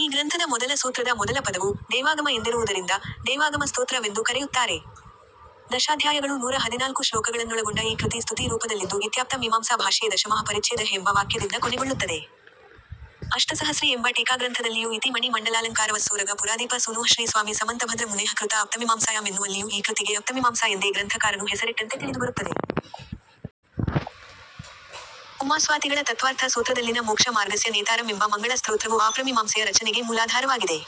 ಈ ಗ್ರಂಥದ ಮೊದಲ ಸೂತ್ರದ ಮೊದಲ ಪದವು 'ದೇವಾಗಮ ಎಂದಿರುವುದರಿಂದ 'ದೇವಾಗಮ ಸ್ತೋತ್ರ ವೆಂದು ಕರೆಯುತ್ತಾರೆ. ದಶಾಧ್ಯಾಯಗಳು ನೂರ ಹದಿನಾಲ್ಕು ಶ್ಲೋಕಗಳನ್ನೊಳಗೊಂಡ ಈ ಕೃತಿ ಸ್ತುತಿ ರೂಪದಲ್ಲಿದ್ದು ಇತ್ಯಾಪ್ತ ಮೀಮಾಂಸಾ ಭಾಷ್ಯೇ ದಶಮಃ ಪರಿಚ್ಛೇದಃ ಎಂಬ ವಾಕ್ಯದಿಂದ ಕೊನೆಗೊಳ್ಳುತ್ತದೆ. ಅಷ್ಟಸಹಸ್ರಿ ಎಂಬ ಟೀಕಾಗ್ರಂಥದಲ್ಲಿಯೂ ಇತಿ ಮಣಿ ಮಂಡಲಾಲಂಕಾರವಸ್ಸೋರಗ ಪುರಾದೀಪ ಸೂನೋಃ ಶ್ರೀ ಸ್ವಾಮಿ ಸಮಂತಭದ್ರ ಮುನೇಃ ಕೃತಾ ಅಪ್ತಮಿಮಾಂಸಾಯಾಮ್ ಎನ್ನುವಲ್ಲಿಯೂ ಈ ಕೃತಿಗೆ ಅಪ್ತಮಿಮಾಂಸಾ ಎಂದೇ ಗ್ರಂಥಕಾರನು ಹೆಸರಿಟ್ಟಂತೆ ತಿಳಿದುಬರುತ್ತದೆ. ಉಮಾಸ್ವಾತಿಗಳ ತತ್ತ್ವಾರ್ಥ ಸೂತ್ರದಲ್ಲಿನ ಮೋಕ್ಷ ಮಾರ್ಗಸ್ಯ ನೇತಾರಂ ಎಂಬ ಮಂಗಳ ಸ್ತ್ರೋತ್ರವು ಆಪ್ರಮೀಮಾಂಸೆಯ ರಚನೆಗೆ ಮೂಲಾಧಾರವಾಗಿದೆ.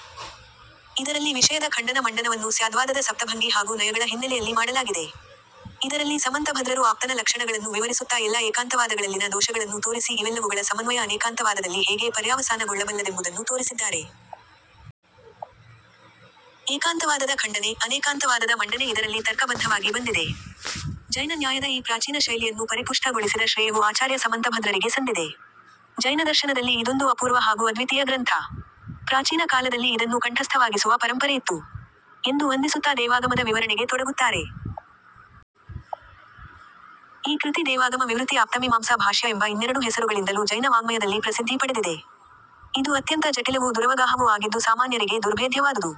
ಇದರಲ್ಲಿ ವಿಷಯದ ಖಂಡನ ಮಂಡನವನ್ನು ಸ್ಯಾದ್ವಾದದ ಸಪ್ತಭಂಗಿ ಹಾಗೂ ನಯಗಳ ಹಿನ್ನೆಲೆಯಲ್ಲಿ ಮಾಡಲಾಗಿದೆ. ಇದರಲ್ಲಿ ಸಮಂತಭದ್ರರು ಆಪ್ತನ ಲಕ್ಷಣಗಳನ್ನು ವಿವರಿಸುತ್ತಾ ಎಲ್ಲಾ ಏಕಾಂತವಾದಗಳಲ್ಲಿನ ದೋಷಗಳನ್ನು ತೋರಿಸಿ ಇವೆಲ್ಲವುಗಳ ಸಮನ್ವಯ ಅನೇಕಾಂತವಾದದಲ್ಲಿ ಹೇಗೆ ಪರ್ಯಾವಸಾನ ಗೊಳ್ಳಬಲ್ಲದೆಂಬುದನ್ನು ತೋರಿಸಿದ್ದಾರೆ. ಏಕಾಂತವಾದದ ಖಂಡನೆ, ಅನೇಕಾಂತವಾದದ ಮಂಡನೆ ಇದರಲ್ಲಿ ತರ್ಕಬದ್ಧವಾಗಿ ಬಂದಿದೆ. ಜೈನ ನ್ಯಾಯದ ಈ ಪ್ರಾಚೀನ ಶೈಲಿಯನ್ನು ಪರಿಪುಷ್ಠ ಗೊಳಿಸಿದ ಶ್ರೇಯವು ಆಚಾರ್ಯ ಸಮಂತಭದ್ರರಿಗೆ ಸಂದಿದೆ. ಜೈನದರ್ಶನದಲ್ಲಿ ಇದೊಂದು ಅಪೂರ್ವ ಹಾಗೂ ಅದ್ವಿತೀಯ ಗ್ರಂಥ. ಪ್ರಾಚೀನ ಕಾಲದಲ್ಲಿ ಇದನ್ನು ಕಂಠಸ್ಥವಾಗಿಸುವ ಪರಂಪರೆಯಿತ್ತು. ಎಂದು ವಂದಿಸುತ್ತಾ ದೇವಾಗಮದ ವಿವರಣೆಗೆ ತೊಡಗುತ್ತಾರೆ. ಈ ಕೃತಿ ದೇವಾಗಮ ವಿವೃತಿ ಆಪ್ತಮೀಮಾಂಸ ಭಾಷ್ಯ ಎಂಬ ಇನ್ನೆರಡು ಹೆಸರುಗಳಿಂದಲೂ ಜೈನ ವಾಙ್ಮಯದಲ್ಲಿ ಪ್ರಸಿದ್ಧಿ ಪಡೆದಿದೆ. ಇದು ಅತ್ಯಂತ ಜಟಿಲವೂ ದುರವಗಾಹವೂ ಆಗಿದ್ದು ಸಾಮಾನ್ಯರಿಗೆ ದುರ್ಭೇಧ್ಯವಾದುದು.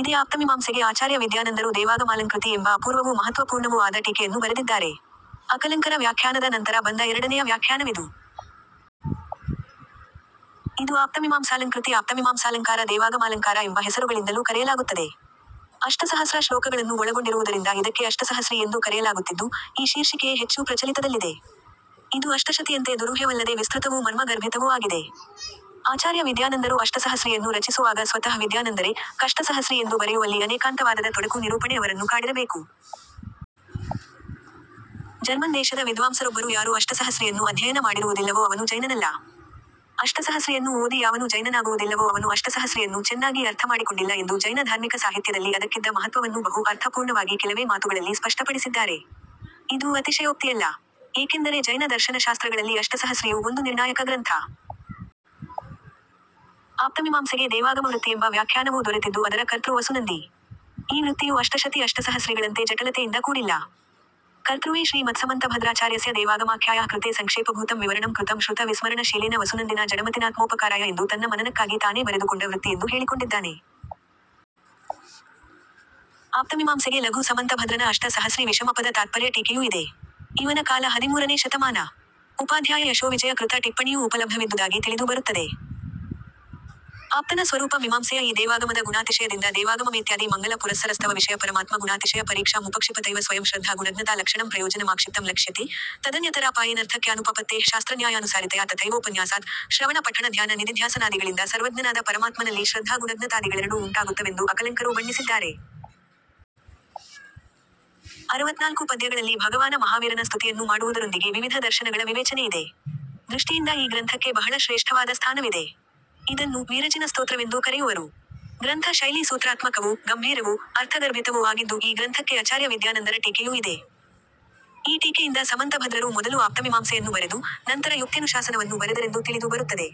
ಇದೇ ಆಪ್ತಮಿಮಾಂಸೆಗೆ ಆಚಾರ್ಯ ವಿದ್ಯಾನಂದರು ದೇವಾಗಮಾಲಂಕೃತಿ ಎಂಬ ಅಪೂರ್ವವೂ ಮಹತ್ತ್ವಪೂರ್ಣವೂ ಆದ ಟೀಕೆಯನ್ನು ಬರೆದಿದ್ದಾರೆ. ಅಕಲಂಕರ ವ್ಯಾಖ್ಯಾನದ ನಂತರ ಬಂದ ಎರಡನೆಯ ವ್ಯಾಖ್ಯಾನವಿದು. ಇದು ಆಪ್ತಮಿಮಾಂಸಾಲಂಕೃತಿ ಆಪ್ತಮಿಮಾಂಸಾಲಂಕಾರ ದೇವಾಗಮಾಲಂಕಾರ ಎಂಬ ಹೆಸರುಗಳಿಂದಲೂ ಕರೆಯಲಾಗುತ್ತದೆ. ಅಷ್ಟಸಹಸ್ರ ಶ್ಲೋಕಗಳನ್ನು ಒಳಗೊಂಡಿರುವುದರಿಂದ ಇದಕ್ಕೆ ಅಷ್ಟಸಹಸ್ರಿ ಎಂದೂ ಕರೆಯಲಾಗುತ್ತಿದ್ದು, ಈ ಶೀರ್ಷಿಕೆಯೇ ಹೆಚ್ಚು ಪ್ರಚಲಿತದಲ್ಲಿದೆ. ಇದು ಅಷ್ಟಶತಿಯಂತೆ ದುರೂಹ್ಯವಲ್ಲದೆ ವಿಸ್ತೃತವೂ ಮರ್ಮ ಗರ್ಭಿತವೂ ಆಗಿದೆ. ಆಚಾರ್ಯ ವಿದ್ಯಾನಂದರು ಅಷ್ಟಸಹಸ್ರೀಯನ್ನು ರಚಿಸುವಾಗ ಸ್ವತಃ ವಿದ್ಯಾನಂದರೆ 'ಕಷ್ಟಸಹಸ್ರಿ ಎಂದು ಬರೆಯುವಲ್ಲಿ ಅನೇಕಾಂತವಾದದ ತೊಡಕು- ನಿರೂಪಣೆ ಅವರನ್ನು ಕಾಡಿರಬೇಕು. ಜರ್ಮನ್ ದೇಶದ ವಿದ್ವಾಂಸರೊಬ್ಬರು ಯಾರು ಅಷ್ಟಸಹಸ್ರಿಯನ್ನು ಅಧ್ಯಯನ ಮಾಡಿರುವುದಿಲ್ಲವೋ ಅವನು ಜೈನನಲ್ಲ. ಅಷ್ಟಸಹಸ್ರಿಯನ್ನು ಓದಿ ಯಾವನು ಜೈನನಾಗುವುದಿಲ್ಲವೋ ಅವನು ಅಷ್ಟಸಹಸ್ರಿಯನ್ನು ಚೆನ್ನಾಗಿ ಅರ್ಥಮಾಡಿಕೊಂಡಿಲ್ಲ ಎಂದು ಜೈನ ಧಾರ್ಮಿಕ ಸಾಹಿತ್ಯದಲ್ಲಿ ಅದಕ್ಕಿದ್ದ ಮಹತ್ವವನ್ನು ಬಹು ಅರ್ಥಪೂರ್ಣವಾಗಿ ಕೆಲವೇ ಮಾತುಗಳಲ್ಲಿ ಸ್ಪಷ್ಟಪಡಿಸಿದ್ದಾರೆ. ಇದು ಅತಿಶಯೋಕ್ತಿಯಲ್ಲ. ಏಕೆಂದರೆ ಜೈನ ದರ್ಶನಶಾಸ್ತ್ರಗಳಲ್ಲಿ ಅಷ್ಟಸಹಸ್ರಿಯು ಒಂದು ನಿರ್ಣಾಯಕ ಗ್ರಂಥ. ಆಪ್ತಮಿಮಾಂಸೆಗೆ ದೇವಾಗಮವೃತ್ತಿಯೆಂಬ ವ್ಯಾಖ್ಯಾನವೂ ದೊರೆತಿದ್ದು ಅದರ ಕರ್ತೃ ವಸುನಂದಿ. ಈ ವೃತ್ತಿಯು ಅಷ್ಟಶತಿ ಅಷ್ಟಸಹಸ್ರಿಗಳಂತೆ ಜಟಲತೆಯಿಂದ ಕೂಡಿಲ್ಲ. ಕರ್ತೃವೇ ಶ್ರೀ ಮತ್ಸಮನ್ತಭದ್ರಾಚಾರ್ಯಸ್ಯ ದೇವಾಗಮಾಖ್ಯಾಯಾಃ ಕೃತೇ ಸಂಕ್ಷೇಪಭೂತಂ ವಿವರಣಂ ಕೃತಂ ಶ್ರುತ ವಿಸ್ಮರಣ ಶೀಲೇನ ವಸುನನ್ದಿನಾ ಜಡಮತಿನಾತ್ಮೋಪಕಾರಾಯ ಎಂದು ತನ್ನ ಮನನಕ್ಕಾಗಿ ತಾನೇ ಬರೆದುಕೊಂಡ ವೃತ್ತಿಯೆಂದು ಹೇಳಿಕೊಂಡಿದ್ದಾನೆ. ಆಪ್ತಮಿಮಾಂಸೆಗೆ ಲಘು ಸಮಂತಭದ್ರನ ಅಷ್ಟ ಸಹಸ್ರೀ ವಿಷಮಪದ ತಾತ್ಪರ್ಯ ಟೀಕೆಯೂ ಇದೆ. ಇವನ ಕಾಲ ಹದಿಮೂರನೇ ಶತಮಾನ. ಉಪಾಧ್ಯಾಯ ಯಶೋವಿಜಯ ಕೃತ ಟಿಪ್ಪಣಿಯೂ ಉಪಲಬ್ಧವಿದ್ದುದಾಗಿ ತಿಳಿದು ಬರುತ್ತದೆ. ಆಪ್ತನ ಸ್ವರೂಪ ಮಿಮಾಂಸೆಯ ಈ ದೇವಾಗಮದ ಗುಣಾತಿಶಯದಿಂದ ದೇವಾಗಮಮೇತ್ಯಾದಿ ಮಂಗಲ ಪುರಸ್ಸರಸ್ತವವಿಷಯಪರಮಾತ್ಮ ಗುಣಾತಿಶಯ ಪರೀಕ್ಷಾ ಮುಪಕ್ಷಿಪತೈವ ಸ್ವಯಂ ಶ್ರದ್ಧಾ ಗುಣಜ್ಞತಾ ಲಕ್ಷಣಂ ಪ್ರಯೋಜನಮಾಕ್ಷಿಪ್ತಂ ಲಕ್ಷ್ಯತೇ; ತದನ್ಯತರಾಪಾಯೇನರ್ಥಕ್ಯಾನುಪಪತ್ತೇಃ ಶಾಸ್ತ್ರನ್ಯಾಯಾನುಸಾರಿತಯಾ ತಥೈವೋಪನ್ಯಾಸಾತ್ - ಶ್ರವಣ-ಪಠಣ-ಧ್ಯಾನ-ನಿದಿಧ್ಯಾಸನಾದಿಗಳಿಂದ ಸರ್ವಜ್ಞನಾದ ಪರಮಾತ್ಮನಲ್ಲಿ ಶ್ರದ್ಧಾ ಗುಣಜ್ಞತಾದಿಗಳೆರಡೂ ಉಂಟಾಗುತ್ತವೆಂದು ಅಕಲಂಕರು ಬಣ್ಣಿಸಿದ್ದಾರೆ. ಅರವತ್ನಾಲ್ಕು ಪದ್ಯಗಳಲ್ಲಿ ಭಗವಾನ ಮಹಾವೀರನ ಸ್ತುತಿಯನ್ನು ಮಾಡುವುದರೊಂದಿಗೆ ವಿವಿಧ ದರ್ಶನಗಳ ವಿವೇಚನೆಯಿದೆ. ದೃಷ್ಟಿಯಿಂದ ಈ ಗ್ರಂಥಕ್ಕೆ ಬಹಳ ಶ್ರೇಷ್ಠವಾದ ಸ್ಥಾನವಿದೆ. ಇದನ್ನು 'ವೀರಜಿನಸ್ತೋತ್ರವೆಂದೂ ಕರೆಯುವರು. ಗ್ರಂಥ ಶೈಲಿ ಸೂತ್ರಾತ್ಮಕವೂ, ಗಂಭೀರವೂ, ಅರ್ಥಗರ್ಭಿತವೂ ಆಗಿದ್ದು ಈ ಗ್ರಂಥಕ್ಕೆ ಅಚಾರ್ಯ ವಿದ್ಯಾನಂದರ ಟೀಕೆಯೂ ಇದೆ. ಈ ಟೀಕೆಯಿಂದ ಸಮಂತಭದ್ರರು ಮೊದಲು ಆಪ್ತಮಿಮಾಂಸೆಯನ್ನು ಬರೆದು, ನಂತರ ಯುಕ್ತ್ಯನುಶಾಸನವನ್ನು ಬರೆದರೆಂದು ತಿಳಿದು ಬರುತ್ತದೆ.